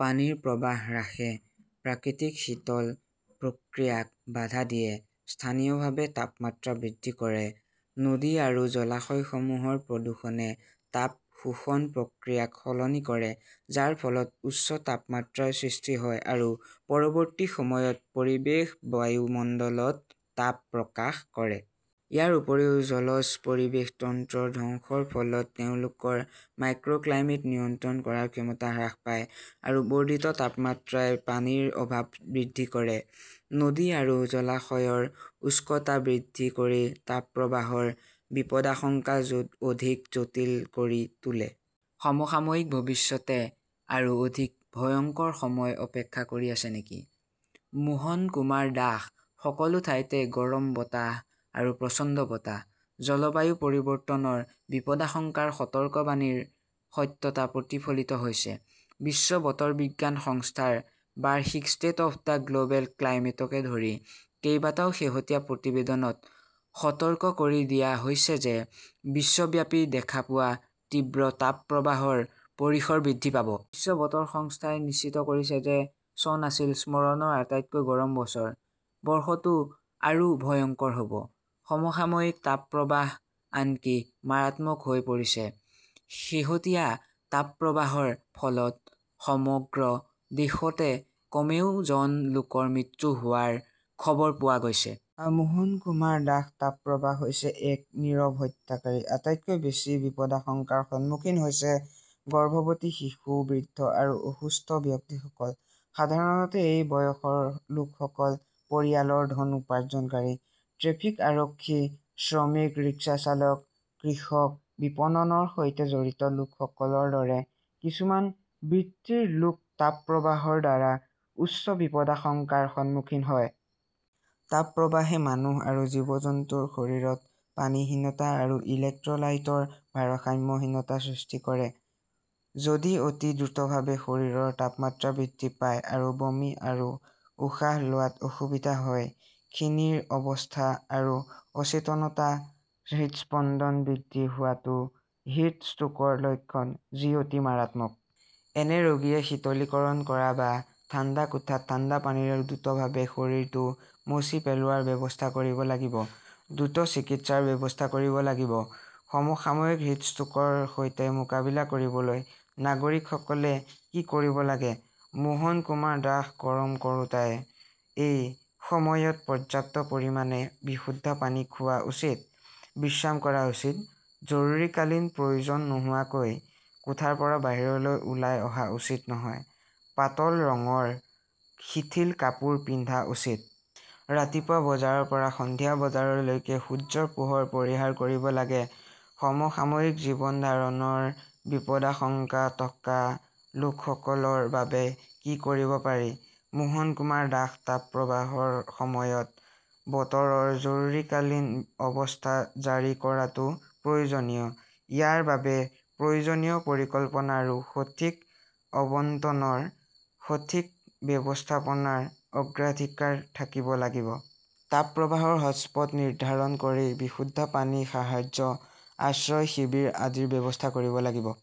পানীৰ প্ৰবাহ হ্ৰাসে প্ৰাকৃতিক শীতল প্ৰক্ৰিয়াক বাধা দিয়ে, স্থানীয়ভাৱে তাপমাত্ৰা বৃদ্ধি কৰে। নদী আৰু জলাশয়ৰ প্ৰদূষণে তাপ শোষণ প্ৰক্ৰিয়াক সলনি কৰে, যাৰ ফলত উচ্চ তাপমাত্ৰাৰ সৃষ্টি হয় আৰু পৰৱৰ্তী সময়ত পৰিৱেশৰ বায়ুমণ্ডলত তাপ প্ৰকাশ কৰে। ইয়াৰ উপৰিও জলজ পৰিৱেশ তন্ত্ৰৰ ধ্বংসৰ ফলত তেওঁলোকৰ মাইক্ৰ'ক্লাইমেট নিয়ন্ত্ৰণ কৰাৰ ক্ষমতা হ্ৰাস পায়। আৰু বৰ্ধিত তাপমাত্ৰাই পানীৰ অভাৱ বৃদ্ধি কৰে, নদী আৰু জলাশয়ৰ শুষ্কতা বৃদ্ধি কৰি তাপপ্ৰবাহৰ বিপদাশংকা অধিক জটিল কৰি তোলে। সমসাময়িক ভৱিষ্যতে আৰু অধিক ভয়ংকৰ সময় অপেক্ষা কৰি আছে নেকি? মোহন কুমাৰ দাশ সকলো ঠাইতে গৰম বতাহ আৰু প্ৰচণ্ড বতাহ। জলবায়ু পৰিৱৰ্তনৰ বিপদাশংকাৰ সতৰ্কবাণীৰ সত্যতা প্ৰতিফলিত হৈছে। বিশ্ব বতৰ বিজ্ঞান সংস্থাৰ বাৰ্ষিক ষ্টেট অৱ দ্য গ্লʼবেল ক্লাইমেটকে ধৰি কেইবাটাও শেহতীয়া প্ৰতিবেদনত সতৰ্ক কৰি দিয়া হৈছে যে বিশ্বব্যাপী দেখা পোৱা তীব্ৰ তাপপ্ৰবাহৰ পৰিসৰ বৃদ্ধি পাব। বিশ্ব বতৰ সংস্থাই নিশ্চিত কৰিছে যে চন আছিল স্মৰণৰ আটাইতকৈ গৰম বছৰ। বৰ্ষটো আৰু ভয়ংকৰ হ 'ব! সমসাময়িক তাপপ্ৰবাহ আনকি মাৰাত্মক হৈ পৰিছে। শেহতীয়া তাপপ্ৰবাহৰ ফলত সমগ্ৰ দেশতে কমেও জন লোকৰ মৃত্যু হোৱাৰ খবৰ পোৱা গৈছে। মোহন কুমাৰ দাশ তাপপ্ৰবাহ হৈছে এক নীৰৱ হত্যাকাৰী। আটাইতকৈ বেছি বিপদাশংকাৰ সন্মুখীন হৈছে গৰ্ভৱতী, শিশু, বৃদ্ধ আৰু অসুস্থ ব্যক্তিসকল। সাধাৰণতে এই বয়সৰ লোকসকল পৰিয়ালৰ ধন উপাৰ্জনকাৰী। ট্ৰেফিক আৰক্ষী, শ্ৰমিক, ৰিক্সা চালক, কৃষক, বিপণনৰ সৈতে জড়িত লোকসকলৰ দৰে কিছুমান বৃত্তিৰ লোক তাপপ্ৰবাহৰ দ্বাৰা উচ্চ বিপদাশংকাৰ সন্মুখীন হয়। তাপপ্ৰবাহে মানুহ আৰু জীৱ-জন্তুৰ শৰীৰত পানীহীনতা আৰু ইলেক্ট্ৰলাইটৰ ভাৰসাম্যহীনতাৰ সৃষ্টি কৰে। যদি অতি দ্ৰুতভাৱে শৰীৰৰ তাপমাত্ৰা বৃদ্ধি পায় আৰু বমি আৰু উশাহ লোৱাত অসুবিধা হয়, খিনিৰ অৱস্থা আৰু অচেতনতা, হৃদস্পন্দন বৃদ্ধি হোৱাটো হিট ষ্ট্ৰোকৰ লক্ষণ; যি অতি মাৰাত্মক! এনে ৰোগীয়ে শীতলীকৰণ কৰা বা ঠাণ্ডা কোঠাত ঠাণ্ডা পানীৰে দ্ৰুতভাৱে শৰীৰটো মচি পেলোৱাৰ ব্যৱস্থা কৰিব লাগিব। দ্ৰুত চিকিৎসাৰ ব্যৱস্থা কৰিব লাগিব। সমসাময়িক হিটষ্ট্ৰোকৰ সৈতে মোকাবিলা কৰিবলৈ নাগৰিকসকলে কি কৰিব লাগে? মোহন কুমাৰ দাস গৰম কৰোঁতাই এই সময়ত পৰ্যাপ্ত পৰিমাণে বিশুদ্ধ পানী খোৱা উচিত, বিশ্ৰাম কৰা উচিত, জৰুৰীকালীন প্ৰয়োজন নোহোৱাকৈ কোঠাৰ পৰা বাহিৰলৈ ওলাই অহা উচিত নহয়, পাতল ৰঙৰ শিথিল কাপোৰ পিন্ধা উচিত। ৰাতিপুৱা বজাৰ পৰা সন্ধিয়া বজালৈকে সূৰ্যৰ পোহৰ পৰিহাৰ কৰিব লাগে। সমসাময়িক জীৱন ধাৰণৰ বিপদাশংকা থকা লোকসকলৰ বাবে কি কৰিব পাৰি? মোহন কুমাৰ দাশ তাপপ্ৰবাহৰ সময়ত 'বতৰৰ জৰুৰীকালীন অৱস্থা জাৰি কৰাটো প্ৰয়োজনীয়। ইয়াৰ বাবে প্ৰয়োজনীয় পৰিকল্পনা আৰু সঠিক আবণ্টনৰ সঠিক ব্যৱস্থাপনাৰ অগ্ৰাধিকাৰ থাকিব লাগিব। তাপ প্ৰবাহৰ 'হটʼস্পট নিৰ্ধাৰণ কৰি বিশুদ্ধ পানী, সাহায্য, আশ্ৰয় শিবিৰ আদিৰ ব্যৱস্থা কৰিব লাগিব।